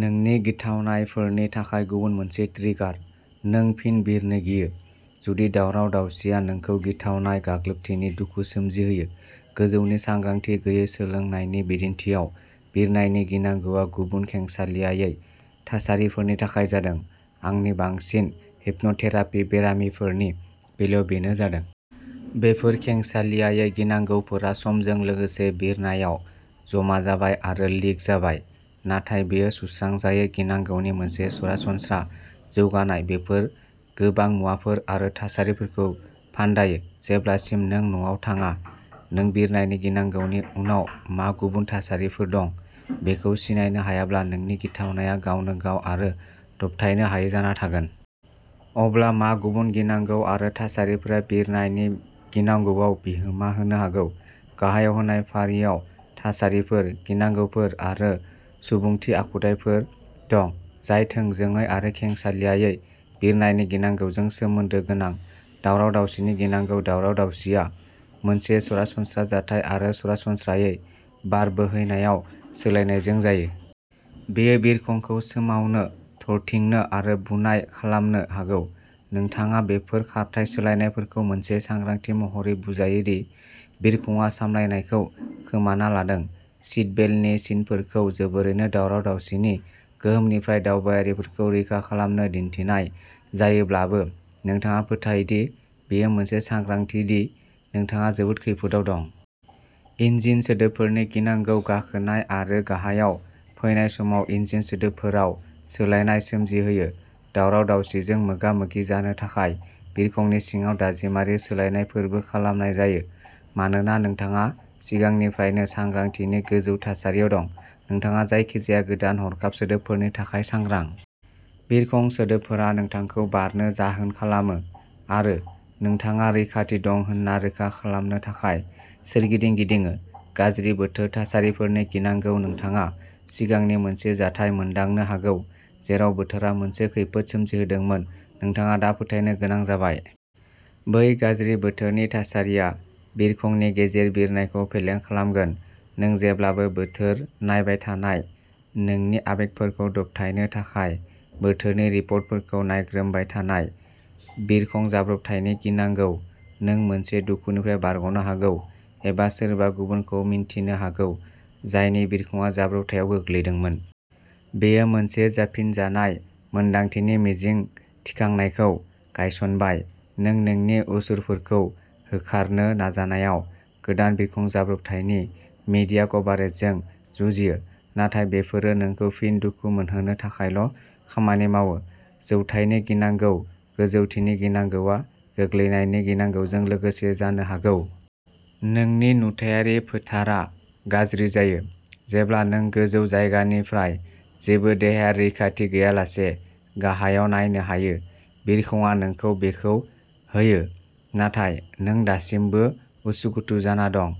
नोंनि गिथावनायफोरनि थाखाय गुबुन मोनसे ट्रिगार। नों फिन बिरनो गियो, जुदि दावराव-दावसिया नोंखौ गिथावनाय गाग्लोबथिनि दुखु सोमजिहोयो। गोजौनि सांग्रांथि गैयै सोलोंनायनि बिदिन्थिआव, बिरनायनि गिनांगौआ गुबुन खेंसालियायै थासारिफोरनि थाखाय जादों। आंनि बांसिन हिप्नथेरापि बेरामिफोरनि बेलायाव बेनो जादों। बेफोर खेंसालियायै गिनांगौफोरा समजों लोगोसे बिरनायाव जमा जाबाय आरो लिक जाबाय। नाथाय बेयो सुस्रांजायै गिनांगौनि मोनसे सरासनस्रा जौगानाय बेफोर गोबां मुवाफोर आरो थासारिफोरखौ फान्दायो जेब्लासिम नों न'आव थाङा। नों बिरनायनि गिनांगौनि उनाव मा गुबुन थासारिफोर दं बेखौ सिनायनो हायाब्ला, नोंनि गिथावनाया गावनो गाव आरो दबथायनो हायै जाना थागोन। अब्ला मा गुबुन गिनांगौ आरो थासारिफोरा बिरनायनि गिनांगौआव बिहोमा होनो हागौ? गाहायाव होनाय फारियाव थासारिफोर, गिनांगौफोर आरो सुबुंथि आखुथायफोर दं जाय थोंजोङै आरो खेंसालियायै बिरनायनि गिनांगौजों सोमोन्दो गोनां। दावराव-दावसिनि गिनांगौ दावराव-दावसिआ मोनसे सरासनस्रा जाथाय आरो सरासनस्रायै बार बोहैनायाव सोलायनायजों जायो। बेयो बिरखंखौ सोमावनो, थरथिंनो आरो बुनाय खालामनो हागौ। नोंथाङा बेफोर खारथाइ सोलायनायफोरखौ मोनसे सांग्रांथि महरै बुजायो दि बिरखंआ सामलायनायखौ खोमाना लादों। सीट बेल्टनि सिनफोरखौ जोबोरैनो दावराव-दावसिनि गोहोमनिफ्राय दावबायारिफोरखौ रैखा खालामनो दिन्थिनाय जायोब्लाबो, नोंथाङा फोथायो दि बेयो मोनसे सांग्रांथि दि नोंथाङा जोबोद खैफोदाव दं। इन्जिन सोदोबफोरनि गिनांगौ गाखोनाय आरो गाहायाव फैनाय समाव इन्जिन सोदोबफोराव सोलायनाय सोमजिहोयो। दावराव-दावसिजों मोगा-मोगि जानो थाखाय बिरखंनि सिङाव दाजेमारि सोलायनायफोरबो खालामनाय जायो। मानोना नोंथाङा सिगांनिफ्रायनो सांग्रांथिनि गोजौ थासारियाव दं, नोंथाङा जायखिजाया गोदान हरखाब सोदोबफोरनि थाखाय सांग्रां। बिरखं सोदोबफोरा नोंथांखौ बारनो जाहोन खालामो आरो नोंथाङा रैखाथि दं होन्ना रोखा खालामनो थाखाय सोरगिदिं गिदिङो। गाज्रि बोथोर थासारिफोरनि गिनांगौ नोंथाङा सिगांनि मोनसे जाथाय मोनदांनो हागौ जेराव बोथोरा मोनसे खैफोद सोमजिहोदोंमोन। नोंथाङा दा फोथायनो गोनां जाबाय। बै गाज्रि बोथोरनि थासारिया बिरखंनि गेजेर बिरनायखौ फेलें खालामगोन। नों जेब्लाबो बोथोर नायबाय थानाय नोंनि आबेगफोरखौ दबथायनो थाखाय बोथोरनि रिपर्टफोरखौ नायग्रोमबाय थानाय। बिरखं जाब्रबथायनि गिनांगौ नों मोनसे दुखुनिफ्राय बारग'नो हागौ एबा सोरबा गुबुनखौ मिन्थिनो हागौ जायनि बिरखंआ जाब्रबथायाव गोग्लैदोंमोन। बेयो मोनसे जाफिनजानाय मोन्दांथिनि मिजिं थिखांनायखौ गायसनबाय। नों नोंनि असुरफोरखौ होखारनो नाजानायाव गोदान बिरखं जाब्रबथायनि मीडिया कभारेजजों जुजियो, नाथाय बेफोरो नोंखौ फिन दुखु मोनहोनो थाखायल' खामानि मावो। जौथायनि गिनांगौ गोजौथिनि गिनांगौआ गोग्लैनायनि गिनांगौजों लोगोसे जानो हागौ। नोंनि नुथायारि फोथारआ गाज्रि जायो जेब्ला नों गोजौ जायगानिफ्राय जेबो देहायारि रैखाथि गैयालासे गाहायाव नायनो हायो। बिरखंआ नोंखौ बेखौ होयो, नाथाय नों दासिमबो उसुखुथु जाना दं।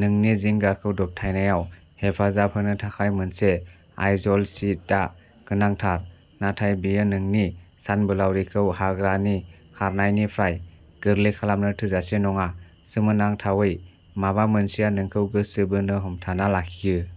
नोंनि जिंगाखौ दबथायनायाव हेफाजाब होनो थाखाय मोनसे आइजल सिटआ गोनांथार, नाथाय बेयो नोंनि सानबोलावरिखौ हाग्रानि खारनायनिफ्राय गोरलै खालामनो थोजासे नङा। सोमोनांथावै, माबा मोनसेया नोंखौ गोसो बोनो हमथाना लाखियो।